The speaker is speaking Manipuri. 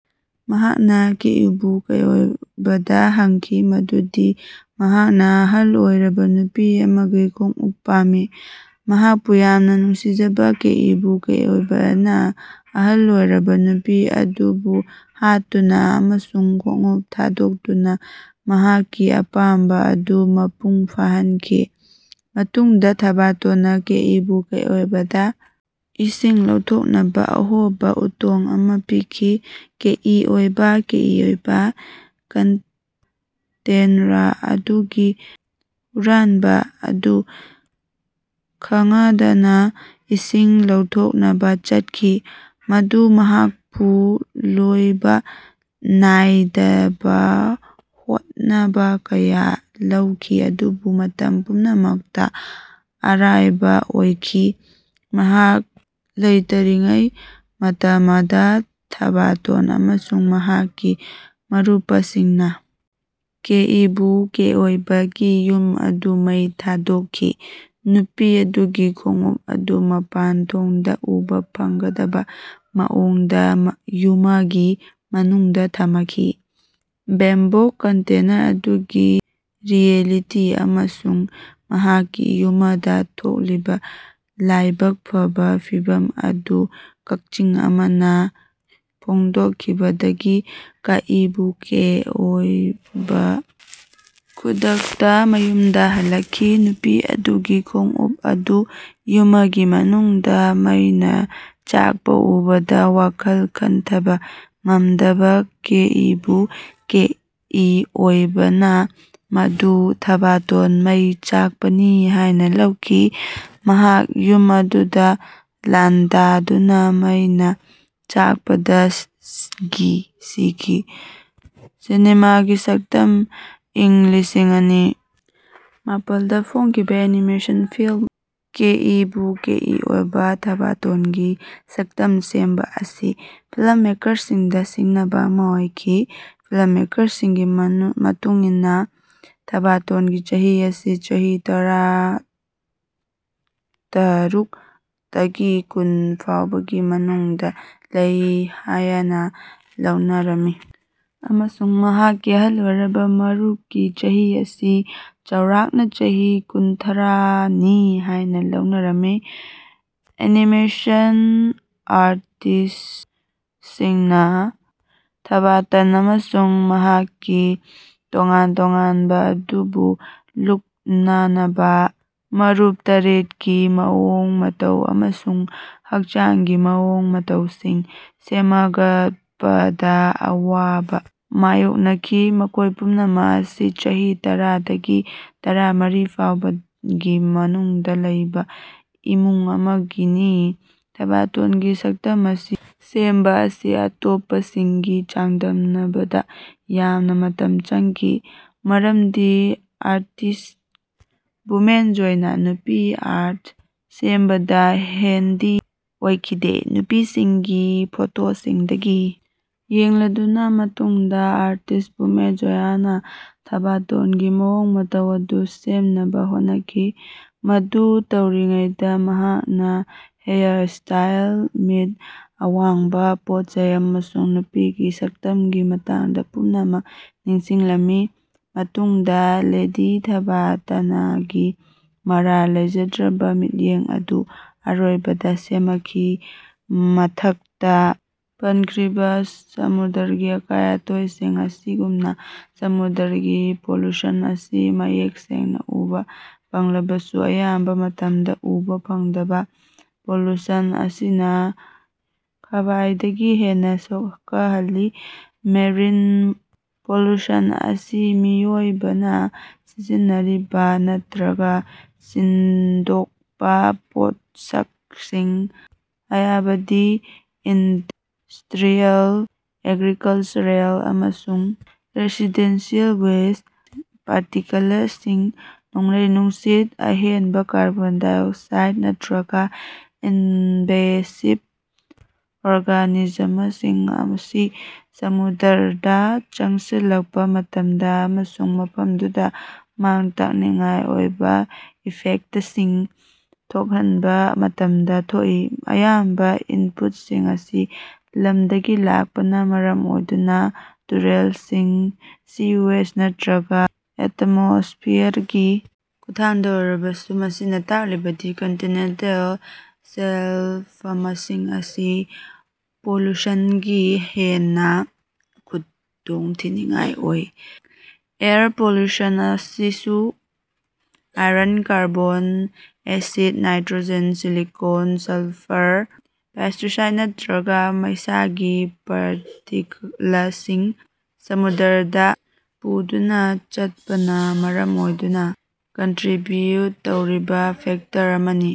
ꯃꯍꯥꯛꯅ ꯀꯦꯏꯕꯨ ꯀꯦꯏꯑꯣꯏꯕꯥꯗ ꯍꯪꯈꯤ ꯃꯗꯨꯗꯤ ꯃꯍꯥꯛꯅꯥ ꯑꯍꯜ ꯑꯣꯏꯔꯕ ꯅꯨꯄꯤ ꯑꯃꯒꯤ ꯈꯣꯡꯎꯞ ꯄꯥꯝꯃꯤ꯫ ꯃꯍꯥꯛꯄꯨ ꯌꯥꯝꯅ ꯅꯨꯡꯁꯤꯖꯕ ꯀꯦꯏꯕꯨ ꯀꯦꯏꯑꯣꯏꯕꯥꯅ ꯑꯍꯜ ꯑꯣꯏꯔꯕ ꯅꯨꯄꯤ ꯑꯗꯨꯕꯨ ꯍꯥꯠꯇꯨꯅ ꯑꯃꯁꯨꯡ ꯈꯣꯡꯎꯞ ꯊꯥꯗꯣꯛꯇꯨꯅꯥ ꯃꯍꯥꯛꯀꯤ ꯑꯄꯥꯝꯕꯥ ꯑꯗꯨ ꯃꯄꯨꯡ ꯐꯥꯍꯟꯈꯤ꯫ ꯃꯇꯨꯡꯗ ꯊꯥꯕꯇꯣꯟꯅ ꯀꯦꯏꯕꯨ ꯀꯦꯏꯑꯣꯏꯕꯥꯗ ꯏꯁꯤꯡ ꯂꯧꯊꯣꯛꯅꯕ ꯑꯍꯣꯕꯥ ꯎꯇꯣꯡ ꯑꯃꯥ ꯄꯤꯈꯤ꯫ ꯀꯦꯏꯑꯣꯏꯕꯥ ꯀꯦꯏꯑꯣꯏꯕꯥ, ꯀꯟꯇꯦꯟꯔ ꯑꯗꯨꯒꯤ ꯍꯨꯔꯥꯟꯕ꫰ꯑꯗꯨ ꯈꯉꯗꯅ ꯏꯁꯤꯡ ꯂꯧꯊꯣꯛꯅꯕꯥ ꯆꯠꯈꯤ, ꯃꯗꯨ ꯃꯍꯥꯛꯄꯨ ꯂꯣꯏꯕ꫰ꯅꯥꯏꯗꯕ ꯍꯣꯠꯅꯕ ꯀꯌꯥ ꯂꯧꯈꯤ ꯑꯗꯨꯕꯨ ꯃꯇꯝ ꯄꯨꯝꯅꯃꯛꯇꯥ ꯑꯔꯏꯕ ꯑꯣꯏꯈꯤ꯫ ꯃꯍꯥꯛ ꯂꯩꯇꯔꯤꯉꯩ ꯃꯇꯃꯗ ꯊꯥꯕꯥꯇꯣꯟ ꯑꯃꯁꯨꯡ ꯃꯍꯥꯛꯀꯤ ꯃꯔꯨꯄꯁꯤꯡꯅꯥ ꯀꯦꯏꯕꯨ ꯀꯦꯏꯑꯣꯏꯕꯥꯒꯤ ꯌꯨꯝ ꯑꯗꯨ ꯃꯩ ꯊꯥꯗꯣꯛꯈꯤ, ꯅꯨꯄꯤ ꯑꯗꯨꯒꯤ ꯈꯣꯡꯎꯞ ꯑꯗꯨ ꯃꯄꯥꯟꯊꯣꯡꯗꯒꯤ ꯎꯕꯥ ꯐꯪꯒꯗꯕ꫰ꯃꯑꯣꯡꯗꯥ ꯌꯨꯃꯒꯤ ꯃꯅꯨꯡꯗꯥ ꯊꯃꯈꯤ꯫ ꯕꯦꯝꯕꯣꯛ ꯀꯟꯇꯦꯅꯔ ꯑꯗꯨꯒꯤ ꯔꯤꯑꯦꯂꯤꯇꯤ ꯑꯃꯁꯨꯡ ꯃꯍꯥꯛꯀꯤ ꯌꯨꯃꯗꯥ ꯊꯣꯛꯂꯤꯕꯥ ꯂꯥꯏꯕꯛ ꯐꯕꯥ ꯐꯤꯚꯝ ꯑꯗꯨ ꯀꯛꯆꯤꯡ ꯑꯃꯅꯥ ꯐꯣꯡꯗꯣꯛꯈꯤꯕꯗꯒꯤ ꯀꯦꯏꯕꯨ ꯀꯦꯏꯑꯣꯏꯕꯥ ꯈꯨꯗꯛꯇꯥ ꯃꯌꯝꯗꯥ ꯍꯜꯂꯛꯈꯤ꯫ ꯅꯨꯄꯤ ꯑꯗꯨꯒꯤ ꯈꯣꯡꯎꯞ ꯑꯗꯨ ꯌꯨꯃꯒꯤ ꯃꯅꯨꯡꯗꯥ ꯃꯩꯅꯥ ꯆꯥꯛꯄꯥ ꯎꯕꯗ ꯋꯥꯈꯜ ꯈꯟꯊꯕ ꯉꯝꯗꯕ꫰ꯀꯦꯏꯕꯨ ꯀꯦꯏꯑꯣꯏꯕꯥꯅ꫰ꯃꯗꯨ ꯊꯥꯕꯥꯇꯣꯟ ꯃꯩ ꯆꯥꯛꯄꯅꯤ ꯍꯥꯏꯅꯥ ꯂꯧꯈꯤ꯫ ꯃꯍꯥꯛ ꯌꯨꯝ ꯑꯗꯨꯗꯥ ꯂꯥꯟꯗꯥꯗꯨꯅ ꯃꯩꯅꯥ ꯆꯥꯛꯄꯗꯒꯤ ꯁꯤꯈꯤ꯫ ꯁꯤꯅꯦꯃꯥꯒꯤ ꯁꯛꯇꯝ ꯏꯪ ꯂꯤꯁꯤꯡ ꯑꯅꯤ ꯃꯄꯥꯜ ꯗꯥ ꯐꯣꯡꯈꯤꯕꯥ ꯑꯦꯅꯤꯃꯦꯁꯟ ꯐꯤꯜꯝ ꯀꯦꯏꯕꯨ ꯀꯦꯏꯑꯣꯏꯕꯥ, ꯊꯥꯕꯥꯇꯣꯟꯒꯤ ꯁꯛꯇꯝ ꯁꯦꯝꯕꯥ ꯑꯁꯤ ꯐꯤꯂꯝ ꯃꯦꯀꯔꯁꯤꯡꯗꯥ ꯁꯤꯡꯅꯕ ꯑꯃ ꯑꯣꯏꯈꯤ꯫ ꯐꯤꯂꯝ ꯃꯦꯀꯔꯁꯤꯡꯒꯤ ꯃꯇꯨꯡ ꯏꯟꯅꯥ ꯊꯥꯕꯇꯣꯟꯒꯤ ꯆꯍꯤ ꯑꯁꯤ ꯆꯍꯤ ꯇꯔꯇꯥꯔꯨꯛ ꯇꯒꯤ ꯀꯨꯟ ꯐꯥꯎꯕꯒꯤ ꯃꯅꯨꯡꯗꯥ ꯂꯩ ꯍꯥꯌꯅꯥ ꯂꯧꯅꯔꯝꯃꯤ꯫ ꯑꯃꯁꯨꯡ ꯃꯍꯥꯛꯀꯤ ꯑꯍꯜ ꯑꯣꯏꯔꯕꯥ ꯃꯔꯨꯞꯀꯤ ꯆꯍꯤ ꯑꯁꯤ ꯆꯥꯎꯔꯥꯛꯅꯥ ꯆꯍꯤ ꯀꯨꯟꯊꯔꯥ ꯅꯤ ꯍꯥꯏꯅꯥ ꯂꯧꯅꯔꯝꯃꯤ꯫ ꯑꯦꯅꯤꯃꯦꯁꯟ ꯑꯥꯔꯇꯤꯁ꯭ꯇꯁꯤꯡꯅꯥ ꯊꯥꯕꯇꯟ ꯑꯃꯁꯨꯡ ꯃꯍꯥꯛꯀꯤ ꯇꯣꯉꯥꯟ ꯇꯣꯉꯥꯟꯕꯥ ꯑꯗꯨꯕꯨ ꯂꯨꯛ-ꯅꯥꯅꯕꯥ ꯃꯔꯨꯞ ꯇꯔꯦꯠ ꯀꯤ ꯃꯑꯣꯡ ꯃꯇꯧ ꯑꯃꯁꯨꯡ ꯍꯛꯆꯥꯡꯒꯤ ꯃꯑꯣꯡ ꯃꯇꯧꯁꯤꯡ ꯁꯦꯃꯒꯠꯄꯗꯥ ꯑꯋꯥꯕꯥ ꯃꯥꯌꯣꯛꯅꯈꯤ, ꯃꯈꯣꯏ ꯄꯨꯝꯅꯃꯛ ꯑꯁꯤ ꯆꯍꯤ ꯇꯔꯥ ꯗꯒꯤ ꯇꯔꯥꯃꯔꯤ ꯐꯥꯎꯕꯒꯤ ꯃꯅꯨꯡꯗꯥ ꯂꯩꯕꯥ ꯏꯃꯨꯡ ꯑꯃꯒꯤꯅꯤ꯫ ꯊꯥꯕꯇꯣꯟꯒꯤ ꯁꯛꯇꯝ ꯑꯁꯤ ꯁꯦꯝꯕꯥ ꯑꯁꯤ ꯑꯇꯣꯞꯄꯁꯤꯡꯒꯥ ꯆꯥꯡꯗꯝꯅꯕꯗꯥ ꯌꯥꯝꯅꯥ ꯃꯇꯝ ꯆꯪꯈꯤ꯫ ꯃꯔꯝꯗꯤ ꯑꯥꯔꯇꯤꯁ꯭ꯠ ꯚꯨꯃꯦꯟꯖꯣꯏꯅꯥ ꯅꯨꯄꯤ ꯑꯥꯔꯠ ꯁꯦꯝꯕꯗꯥ ꯍꯦꯟꯗꯤ ꯑꯣꯏꯈꯤꯗꯦ꯫ ꯅꯨꯄꯤꯁꯤꯡꯒꯤ ꯐꯣꯇꯣꯁꯤꯡꯗꯒꯤ ꯌꯦꯡꯂꯗꯨꯅꯥ ꯃꯇꯨꯡꯗꯥ ꯑꯥꯔꯇꯤꯁ꯭ꯠ ꯚꯨꯃꯦꯟꯖꯣꯌꯅꯥ ꯊꯥꯕꯇꯣꯟꯒꯤ ꯃꯑꯣꯡ ꯃꯇꯧ ꯑꯗꯨ ꯁꯦꯝꯅꯕꯥ ꯍꯣꯠꯅꯈꯤ꯫ ꯃꯗꯨ ꯇꯧꯔꯤꯉꯩꯗꯥ ꯃꯍꯥꯛꯅꯥ ꯍꯦꯌꯥꯔꯁ꯭ꯇꯥꯏꯜ, ꯃꯤꯠ, ꯑꯋꯥꯡꯕꯥ, ꯄꯣꯠꯆꯩ ꯑꯃꯁꯨꯡ ꯅꯨꯄꯤꯒꯤ ꯁꯛꯇꯝꯒꯤ ꯃꯇꯥꯡꯗꯥ ꯄꯨꯝꯅꯃꯛ ꯅꯤꯡꯁꯤꯡꯂꯝꯃꯤ꯫ ꯃꯇꯨꯡꯗꯥ ꯂꯦꯗꯤ ꯊꯥꯕꯇꯅꯒꯤ ꯃꯔꯥꯜ ꯂꯩꯖꯗ꯭ꯔꯕꯥ ꯃꯤꯠꯌꯦꯡ ꯑꯗꯨ ꯑꯔꯣꯏꯕꯗꯥ ꯁꯦꯃꯈꯤ꯫ ꯃꯊꯛꯇꯥ ꯄꯟꯈ꯭ꯔꯤꯕꯥ ꯁꯃꯨꯗ꯭ꯔꯒꯤ ꯑꯀꯥꯏ ꯑꯇꯣꯏꯁꯤꯡ ꯑꯁꯤꯒꯨꯝꯅꯥ ꯁꯃꯨꯗ꯭ꯔꯒꯤ ꯄꯣꯂꯨꯁꯟ ꯑꯁꯤ ꯃꯌꯦꯛ ꯁꯦꯡꯅꯥ ꯎꯕꯥ ꯐꯪꯂꯕꯁꯨ, ꯑꯌꯥꯝꯕꯥ ꯃꯇꯝꯗꯥ ꯎꯕꯥ ꯐꯪꯗꯕꯥ ꯄꯣꯂꯨꯁꯟ ꯑꯁꯤꯅꯥ ꯈ꯭ꯕꯥꯏꯗꯒꯤ ꯍꯦꯟꯅꯥ ꯁꯣꯀꯍꯜꯂꯤ꯫ ꯃꯦꯔꯤꯟ ꯄꯣꯂꯨꯁꯟ ꯑꯁꯤ ꯃꯤꯑꯣꯏꯕꯅꯥ ꯁꯤꯖꯤꯟꯅꯔꯤꯕꯥ ꯅꯠꯇ꯭ꯔꯒꯥ ꯁꯟꯗꯣꯛꯄꯥ ꯄꯣꯠꯁꯛꯁꯤꯡ, ꯍꯥꯌꯕꯗꯤ ꯏꯟꯗꯁ꯭ꯠꯔꯤꯑꯦꯜ, ꯑꯦꯒ꯭ꯔꯤꯀꯂꯆꯔꯦꯜ ꯑꯃꯁꯨꯡ ꯔꯦꯁꯤꯗꯦꯟꯁꯤꯑꯦꯜ ꯋꯦꯁ꯭ꯠ, ꯄꯥꯔꯇꯤꯀꯂꯁꯤꯡ, ꯅꯣꯡꯂꯩ-ꯅꯨꯡꯁꯤꯠ, ꯑꯍꯦꯟꯕꯥ ꯀꯥꯔꯕꯣꯟ ꯗꯥꯏꯑꯣꯛꯁꯥꯏꯗ ꯅꯠꯇ꯭ꯔꯒ ꯏꯟꯚꯦꯁꯤꯚ ꯑꯣꯔꯒꯥꯅꯤꯖꯃꯁꯤꯡ ꯑꯁꯤ ꯁꯃꯨꯗ꯭ꯔꯗꯥ ꯆꯪꯁꯤꯜꯂꯛꯄꯥ ꯃꯇꯝꯗꯥ ꯑꯃꯁꯨꯡ ꯃꯐꯝꯗꯨꯗꯥ ꯃꯥꯡ-ꯇꯥꯛꯅꯤꯡꯉꯥꯏ ꯑꯣꯏꯕꯥ ꯏꯐꯦꯛꯇꯁꯤꯡ ꯊꯣꯛꯍꯟꯕꯥ ꯃꯇꯝꯗꯥ ꯊꯣꯛꯏ꯫ ꯑꯌꯥꯝꯕ ꯏꯟꯄꯨꯠꯁꯤꯡ ꯑꯁꯤ ꯂꯝꯗꯒꯤ ꯂꯥꯛꯄꯅꯥ ꯃꯔꯝ ꯑꯣꯏꯗꯨꯅꯥ, ꯇꯨꯔꯦꯜꯁꯤꯡ, ꯁꯤꯋꯦꯖ ꯅꯠꯇ꯭ꯔꯒ ꯑꯦꯇꯃꯣꯁ꯭ꯐꯤꯌꯔꯒꯤ ꯈꯨꯠꯊꯥꯡꯗ ꯑꯣꯏꯔꯕꯁꯨ, ꯃꯁꯤꯅꯥ ꯇꯥꯛꯂꯤꯕꯗꯤ ꯀꯟꯇꯤꯅꯦꯟꯇꯜ ꯁꯦꯂꯐꯃꯁꯤꯡ ꯑꯁꯤ ꯄꯣꯂꯨꯁꯟꯒꯤ ꯍꯦꯟꯅꯥ ꯈꯨꯗꯣꯡꯊꯤꯅꯤꯡꯉꯥꯏ ꯑꯣꯏ꯫ ꯑꯦꯌꯔ ꯄꯣꯂꯨꯁꯟ ꯑꯁꯤꯁꯨ iron, carbon acid, nitrogen, silicon, sulphur, pesticide ꯅꯠꯇ꯭ꯔꯒ꫰ꯃꯩꯁꯥꯒꯤ ꯄꯥꯔꯇꯤꯛꯂꯁꯤꯡ ꯁꯃꯨꯗ꯭ꯔꯗꯥ ꯄꯨꯗꯨꯅꯥ ꯆꯠꯄꯅꯥ ꯃꯔꯝ ꯑꯣꯏꯗꯨꯅꯥ ꯀꯟꯇ꯭ꯔꯤꯕ꯭ꯌꯨꯠ ꯇꯧꯔꯤꯕꯥ ꯐꯦꯛꯇꯔ ꯑꯃꯅꯤ꯫